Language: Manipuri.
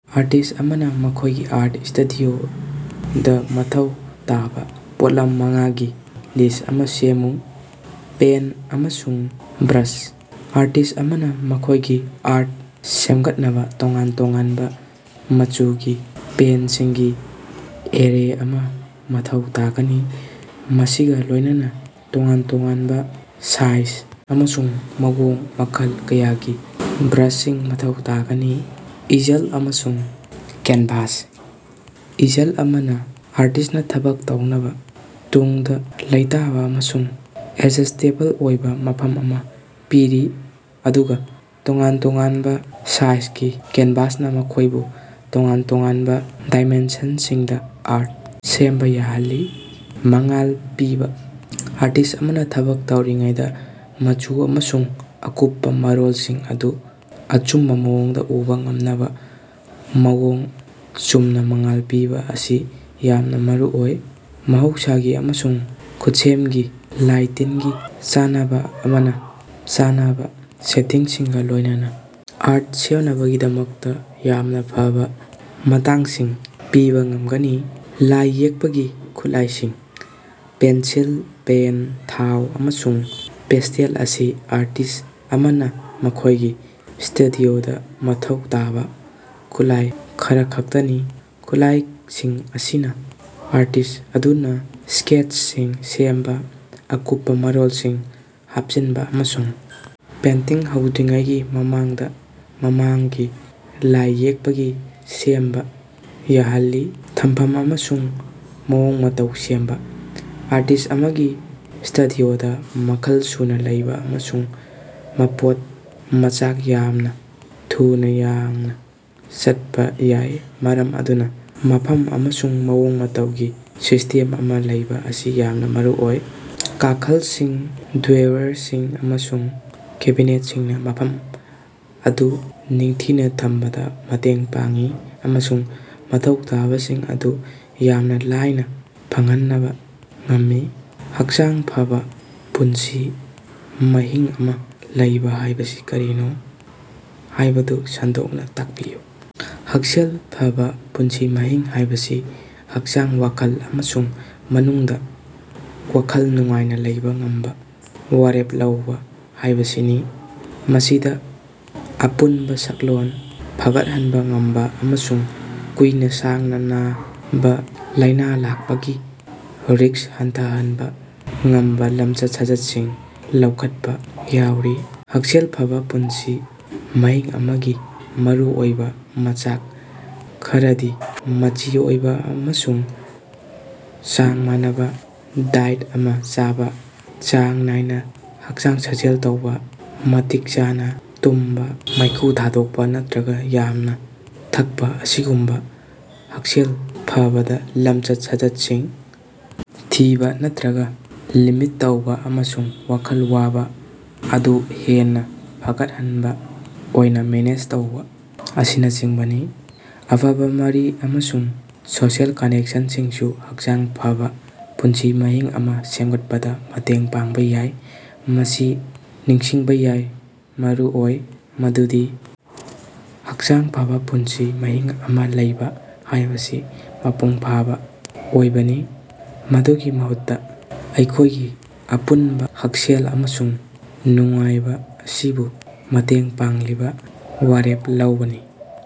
ꯑꯥꯔꯇꯤꯁ ꯑꯃꯅ ꯃꯈꯣꯢꯒꯤ ꯑꯥꯔꯠ ꯁꯇꯨꯗꯤꯑꯣꯗ ꯃꯊꯧ ꯇꯥꯕ ꯄꯣꯠꯂꯝ ꯃꯉꯥꯒꯤ ꯂꯤꯁ꯭ꯠ ꯑꯃ ꯁꯦꯝꯃꯨ꯫ ꯄꯦꯟꯇ ꯑꯃꯁꯨꯡ ꯕ꯭ꯔꯥꯁ: ꯑꯥꯔꯇꯤꯁ ꯑꯃꯅ ꯃꯈꯣꯢꯒꯤ ꯑꯥꯔꯠ ꯁꯦꯝꯒꯠꯅꯕ ꯇꯣꯉꯥꯟ ꯇꯣꯉꯥꯟꯕ ꯃꯆꯨꯒꯤ ꯄꯦꯟꯇꯁꯤꯡꯒꯤ ꯑꯦꯔꯦ ꯑꯃꯥ ꯃꯊꯧ ꯇꯥꯒꯅꯤ ꯃꯁꯤꯒ ꯂꯣꯢꯅꯅ ꯇꯣꯉꯥꯟ ꯇꯣꯉꯥꯟꯕ ꯁꯥꯏꯖ ꯑꯃꯁꯨꯡ ꯃꯑꯣꯡ ꯃꯈꯜ ꯀꯌꯥꯒꯤ ꯕ꯭ꯔꯥꯁꯁꯤꯡ ꯃꯊꯧ ꯇꯥꯒꯅꯤ꯫ ꯏꯖꯜ ꯑꯃꯁꯨꯡ ꯀꯦꯟꯚꯥꯁ: ꯏꯖꯜ ꯑꯃꯅ ꯑꯥꯔꯇꯤꯁꯅ ꯊꯕꯛ ꯇꯧꯅꯕ ꯇꯨꯡꯗ ꯂꯩꯇꯥꯕ ꯑꯃꯁꯨꯡ ꯑꯦꯗꯖꯁꯇꯦꯕꯜ ꯑꯣꯏꯕ ꯃꯐꯝ ꯑꯃ ꯄꯤꯔꯤ ꯑꯗꯨꯒ ꯇꯣꯉꯥꯟ ꯇꯣꯉꯥꯟꯕ ꯁꯥꯏꯖꯒꯤ ꯀꯦꯟꯚꯥꯁꯅ ꯃꯈꯣꯢꯕꯨ ꯇꯣꯉꯥꯟ ꯇꯣꯉꯥꯟꯕ ꯗꯥꯏꯃꯦꯟꯁꯟꯁꯤꯡꯗ ꯑꯥꯔꯠ ꯁꯦꯝꯕ ꯌꯥꯍꯜꯂꯤ꯫ ꯃꯉꯥꯜ ꯄꯤꯕꯥ: ꯑꯥꯔꯇꯤꯁ ꯑꯃꯅ ꯊꯕꯛ ꯇꯧꯔꯤꯉꯩꯗꯥ ꯃꯆꯨ ꯑꯃꯁꯨꯡ ꯑꯀꯨꯞꯄꯥ ꯃꯔꯣꯜꯁꯤꯡ ꯑꯗꯨ ꯑꯆꯨꯝꯕꯥ ꯃꯑꯣꯡꯗ ꯎꯕ ꯉꯝꯅꯕ ꯃꯑꯣꯡ ꯆꯨꯝꯅ ꯃꯉꯥꯜ ꯄꯤꯕ ꯑꯁꯤ ꯌꯥꯝꯅ ꯃꯔꯨꯑꯣꯏ꯫ ꯃꯍꯧꯁꯥꯒꯤ ꯑꯃꯁꯨꯡ ꯈꯨꯠꯁꯦꯝꯒꯤ ꯂꯥꯏꯇꯤꯟꯒꯤ ꯆꯥꯟꯅꯕ ꯑꯃꯅ ꯆꯥꯟꯅꯕ ꯁꯦꯇꯤꯡꯁꯤꯡꯒ ꯂꯣꯢꯅꯅ ꯑꯥꯔꯠ ꯁꯦꯝꯅꯕꯒꯤꯗꯃꯛꯇ ꯌꯥꯝꯅ ꯐꯕ ꯃꯇꯥꯡꯁꯤꯡ ꯄꯤꯕꯥ ꯉꯝꯒꯅꯤ꯫ ꯂꯥꯏ ꯌꯦꯛꯄꯒꯤ ꯈꯨꯠꯂꯥꯏꯁꯤꯡ: ꯄꯦꯟꯁꯤꯜ, ꯄꯦꯟ, ꯊꯥꯎ, ꯑꯃꯁꯨꯡ ꯄꯦꯁꯇꯦꯜ ꯑꯁꯤ ꯑꯥꯔꯇꯤꯁ ꯑꯃꯅ ꯃꯈꯣꯢꯒꯤ ꯁ꯭ꯇꯨꯗꯤꯑꯣꯗ ꯃꯊꯧ ꯇꯥꯕ ꯈꯨꯠꯂꯥꯏ ꯈꯔꯈꯛꯇꯅꯤ꯫ ꯈꯨꯠꯂꯥꯢꯁꯤꯡ ꯑꯁꯤꯅ ꯑꯥꯔꯇꯤꯁ ꯑꯗꯨꯅ ꯁ꯭ꯀꯦꯠꯁꯤꯡ ꯁꯦꯝꯕ ꯑꯀꯨꯞꯄ ꯃꯔꯣꯜꯁꯤꯡ ꯍꯥꯞꯆꯤꯟꯕ ꯑꯃꯁꯨꯡ ꯄꯦꯟꯇꯤꯡ ꯍꯧꯗ꯭ꯔꯤꯉꯩꯒꯤ ꯃꯃꯥꯡꯗ ꯃꯃꯥꯡꯒꯤ ꯂꯥꯏ ꯌꯦꯛꯄꯒꯤ ꯁꯦꯝꯕ ꯌꯥꯍꯜꯂꯤ꯫ ꯊꯝꯐꯝ ꯑꯃꯁꯨꯡ ꯃꯑꯣꯡ ꯃꯇꯧ ꯁꯦꯝꯕ: ꯑꯥꯔꯇꯤꯁ ꯑꯃꯒꯤ ꯁ꯭ꯇꯨꯗꯤꯑꯣꯗ ꯃꯈꯜ ꯁꯨꯅ ꯂꯩꯕ ꯑꯃꯁꯨꯡ ꯃꯄꯣꯠ ꯃꯆꯥꯛ ꯌꯥꯝꯅ ꯊꯨꯅ ꯌꯥꯡꯅ ꯆꯠꯄ ꯌꯥꯏ ꯃꯔꯝ ꯑꯗꯨꯅ ꯃꯐꯝ ꯑꯃꯁꯨꯡ ꯃꯑꯣꯡ ꯃꯇꯧꯒꯤ ꯁꯤꯁꯇꯦꯝ ꯑꯃ ꯂꯩꯕꯥ ꯑꯁꯤ ꯌꯥꯝꯅ ꯃꯔꯨꯑꯣꯏ꯫ ꯀꯥꯈꯜꯁꯤꯡ, ꯗ꯭ꯋꯦꯌꯔꯁꯤꯡ ꯑꯃꯁꯨꯡ ꯀꯦꯕꯤꯅꯦꯠꯁꯤꯡꯅ ꯃꯐꯝ ꯑꯗꯨ ꯅꯤꯡꯊꯤꯅ ꯊꯝꯕꯗ ꯃꯇꯦꯡ ꯄꯥꯡꯏ ꯑꯃꯁꯨꯡ ꯃꯊꯧ ꯇꯥꯕꯁꯤꯡ ꯑꯗꯨ ꯌꯥꯝꯅ ꯂꯥꯏꯅ ꯐꯪꯍꯟꯅꯕꯥ ꯉꯝꯃꯤ꯫ ꯍꯛꯆꯥꯡ ꯐꯕ ꯄꯨꯟꯁꯤ ꯃꯍꯤꯡ ꯑꯃ ꯂꯩꯕꯥ ꯍꯥꯢꯕꯁꯤ ꯀꯔꯤꯅꯣ ꯍꯥꯢꯕꯗꯨ ꯁꯟꯗꯣꯛꯅ ꯇꯥꯛꯄꯤꯌꯨ? ꯍꯛꯁꯦꯜ ꯐꯕꯥ ꯄꯨꯟꯁꯤ ꯃꯍꯤꯡ ꯍꯥꯢꯕꯁꯤ ꯍꯛꯆꯥꯡ, ꯋꯥꯈꯜ ꯑꯃꯁꯨꯡ ꯃꯅꯨꯡꯗ ꯋꯥꯈꯜ ꯅꯨꯡꯉꯥꯏꯅ ꯂꯩꯕꯥ ꯉꯝꯕ ꯋꯥꯔꯦꯞ ꯂꯧꯕꯥ ꯍꯥꯢꯕꯁꯤꯅꯤ꯫ ꯃꯁꯤꯗ ꯑꯄꯨꯟꯕ ꯁꯛꯂꯣꯜ ꯐꯒꯠꯍꯟꯕ ꯉꯝꯕ ꯑꯃꯁꯨꯡ ꯀꯨꯏꯅ ꯁꯥꯡꯅ ꯅꯥꯕ ꯂꯥꯢꯅꯥ ꯂꯥꯛꯄꯒꯤ ꯔꯤꯁ꯭ꯛ ꯍꯟꯊꯍꯟꯕ ꯉꯝꯕꯥ ꯂꯝꯆꯠ-ꯁꯥꯖꯠꯁꯤꯡ ꯂꯧꯈꯠꯄ ꯌꯥꯎꯔꯤ꯫ ꯍꯛꯁꯦꯜ ꯐꯕꯥ ꯄꯨꯟꯁꯤ ꯃꯍꯤꯡ ꯑꯃꯒꯤ ꯃꯔꯨꯑꯣꯏꯕ ꯃꯆꯥꯛ ꯈꯔꯗꯤ ꯃꯆꯤ ꯑꯣꯏꯕꯥ ꯑꯃꯁꯨꯡ ꯆꯥꯡ ꯃꯥꯟꯅꯕꯥ ꯗꯥꯏꯠ ꯑꯃꯥ ꯆꯥꯕ ꯆꯥꯡ ꯅꯥꯏꯅ ꯍꯛꯆꯥꯡ ꯁꯥꯖꯦꯜ ꯇꯧꯕꯥ, ꯃꯇꯤꯛ ꯆꯥꯅ ꯇꯨꯝꯕꯥ, ꯃꯩꯈꯨ ꯊꯥꯗꯣꯛꯄ ꯅꯠꯇꯔꯒ ꯌꯥꯝꯅ ꯊꯛꯄꯥ ꯑꯁꯤꯒꯨꯝꯕ ꯍꯛꯁꯦꯜ ꯐꯕꯗ ꯂꯝꯆꯠ-ꯁꯥꯖꯠꯁꯤꯡ ꯊꯤꯕ ꯅꯠꯇꯔꯒ ꯂꯤꯃꯤꯠ ꯇꯧꯕꯥ ꯑꯃꯁꯨꯡ ꯋꯥꯈꯜ ꯋꯥꯕ ꯑꯗꯨ ꯍꯦꯟꯅ ꯐꯒꯠꯍꯟꯕ ꯑꯣꯏꯅ ꯃꯦꯅꯦꯖ ꯇꯧꯕꯥ ꯑꯁꯤꯅꯆꯤꯡꯕꯅꯤ꯫ ꯑꯐꯕ ꯃꯔꯤ ꯑꯃꯁꯨꯡ ꯁꯣꯁꯤꯑꯦꯜ ꯀꯅꯦꯛꯁꯟꯁꯤꯡꯁꯨ ꯍꯛꯆꯥꯡ ꯐꯕ ꯄꯨꯟꯁꯤ ꯃꯍꯤꯡ ꯑꯃ ꯁꯦꯝꯒꯠꯄꯗ ꯃꯇꯦꯡ ꯄꯥꯡꯕ ꯌꯥꯏ꯫ ꯃꯁꯤ ꯅꯤꯡꯁꯤꯡꯕ ꯌꯥꯏ ꯃꯔꯨꯑꯣꯏ ꯃꯗꯨꯗꯤ ꯍꯛꯆꯥꯡ ꯐꯕ ꯄꯨꯟꯁꯤ ꯃꯍꯤꯡ ꯑꯃ ꯂꯩꯕꯥ ꯍꯥꯢꯕꯁꯤ ꯃꯄꯨꯡ ꯐꯥꯕ ꯑꯣꯏꯕꯅꯤ ꯃꯗꯨꯒꯤ ꯃꯍꯨꯠꯇ ꯑꯩꯈꯣꯢꯒꯤ ꯑꯄꯨꯟꯕ ꯍꯛꯁꯦꯜ ꯑꯃꯁꯨꯡ ꯅꯨꯡꯉꯥꯏꯕ ꯑꯁꯤꯕꯨ ꯃꯇꯦꯡ ꯄꯥꯡꯂꯤꯕ ꯋꯥꯔꯦꯞ ꯂꯧꯕꯅꯤ꯫